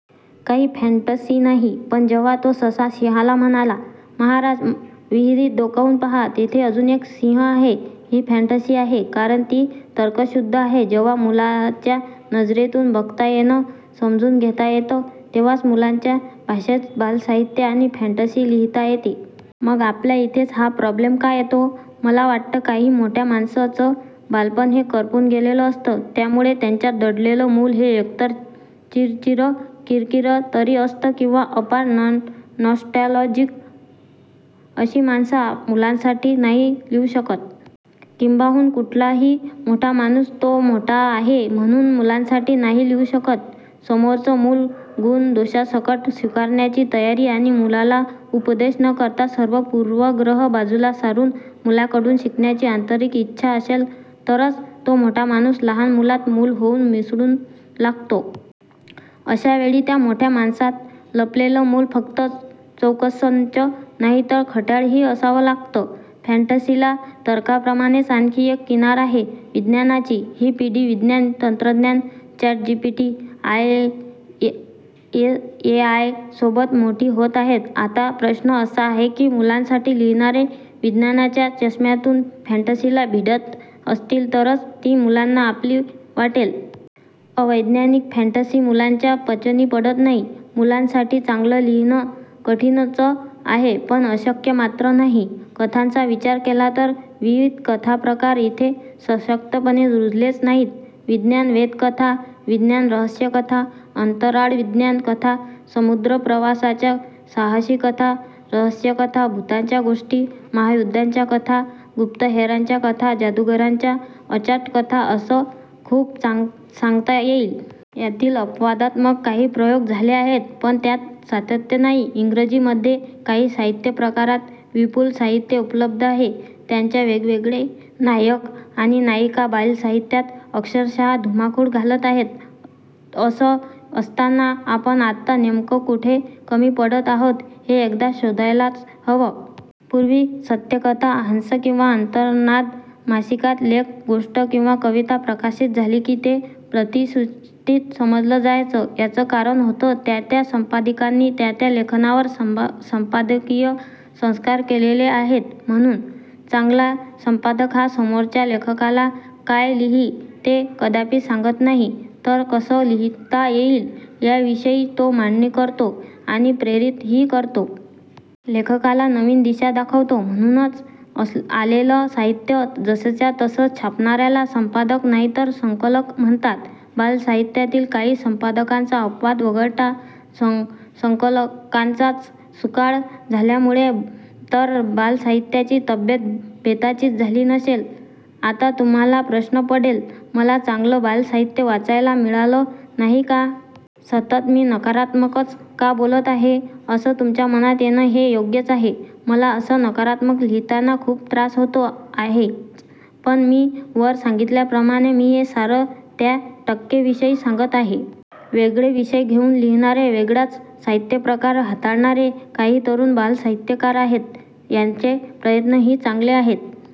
काही फॅंटसी नाही. पण जेव्हा तो ससा सिंहाला म्हणाला, 'महाराज विहिरीत डोकावून पाहा. तिथे अजून एक सिंह आहे. ' ही फॅंटसी आहे कारण ती तर्कशुध्द आहे. जेव्हा मुलाच्या नजरेतून बघता येतं, समजून घेता येतं तेव्हाच मुलांच्या भाषेत बालसाहित्य आणि फॅंटसी लिहिता येते. मग आपल्याइथेच हा प्रॉब्लेम का येतो. मला वाटतं, काही मोठ्या माणसंचं बालपण हे करपून गेलेलं असतं. त्यामुळे त्याच्यांत दडलेलं मूल हे एकतर चिरचिरं-किरकिरं तरी असतं किवा अपार नॉस्टॅलजिक. अशी माणसं मुलांसाठी नाही लिहू शकत. किंबहुना कुठलाही मोठा माणूस तो 'मोठा' आहे म्हणून मुलांसाठी नाही लिहू शकत. समोरचं मूल गूण-दोषासकट स्वीकारण्याची तयारी आणि मुलाला उपदेश न करता सर्व पूर्वग्रह बाजूला सारुन मुलाकडून शिकण्याची आंतरिक इच्छा असेल तरंच तो मोठा माणूस लहान मुलात, मूल होऊन मिसळू लागतो. अशावेळी त्या मोठ्या माणसात लपलेलं मूल फक्त चौकसंच नाही तर खट्याळ ही असावं लागतं. फॅंटसीला तर्काप्रमाणेच आणखी एक किनार आहे विज्ञानाची. ही पिढी विज्ञान तंत्रज्ञान, चॅटजिपीटी, एआय सोबत मोठी होत आहे. आता प्रश्न असा आहे की मुलांसाठी लिहिणारे विज्ञानाच्या चष्म्यातून फॅंटसीला भिडत असतील तरच ती मुलांना आपली वाटेल. अवैज्ञानिक फॅंटसी मुलांच्या पचनी पडत नाही. मुलांसाठी चांगलं लिहिणं कठीणंच आहे पण अशक्य मात्र नाही. कथांचा विचार केला तर विविध कथाप्रकार इथे सशक्तपणे रुजलेच नाहीत. विज्ञान वेधकथा, विज्ञान रहस्यकथा, अंतराळविज्ञान कथा, समुद्रप्रवासाच्या साहसीकथा, रहस्यकथा, भुतांच्या गोष्टी, महायुध्दांच्या कथा, गुप्तहेरांच्या कथा, जादुगारांच्या अचाटकथा असं खूप सांगता येईल. यातील अपवादात्मक काही प्रयोग झाले आहेत पण त्यात सातत्य नाही. इंग्रजीमधे या साहित्यप्रकारात विपूल साहित्य उपलब्ध आहे. त्यांच्या वेगवेगळे नायक आणि नायिका बालसाहित्यात अक्षरश: धुमाकूळ घालत आहेत. असं असताना आपण आत्ता नेमकं कुठे कमी पडत आहोत हे एकदा शोधायलाच हवं. पूर्वी सत्यकथा, हंस किंवा अंतर्नाद मासिकात लेख, गोष्ट किंवा कविता प्रकाशित झाली की ते प्रतिष्टीत समजलं जायचं. याचं कारण होतं त्या-त्या संपादकानी त्या-त्या लेखनावर संपादकीय संस्कार केलेले आहेत म्हणून. चांगला संपादक हा समोरच्या लेखकाला 'काय लिही' ते कदापी सांगत नाही, तर 'कसं लिहिता येईल' याविषयी तो मांडणी करतो आणि प्रेरित ही करतो. लेखकाला नवीन दिशा दाखवतो. म्हणूनच आलेलं साहित्य जसंच्या तसं छापणार्याला संपादक नाहीतर संकलक म्हणतात. बालसाहित्यातील काही संपादकांचा अपवाद वगळता संकलकांचाच सुकाळ झाल्यामुळे तर बालसाहित्याची तब्येत बेताचीच झाली नसेल? आता तुम्हाला प्रश्न पडेल, 'मला चांगलं बालसाहित्य वाचायलाच मिळालं नाही का? सतत मी नकारात्मकच का बोलत आहे? ' असं तुमच्या मनात येणं हे योग्यच आहे. मला असं नकारात्मक लिहिताना खूप त्रास होतो आहेच. पण मी वर सांगितल्याप्रमाणे मी हे सारं त्या टक्कें विषयी सांगत आहे. वेगळे विषय घेऊन लिहिणारे, वेगळाच साहित्यप्रकार हाताळणारे काही तरुण बालसाहित्यकार आहेत. त्यांचे प्रयत्न ही चांगले आहेत.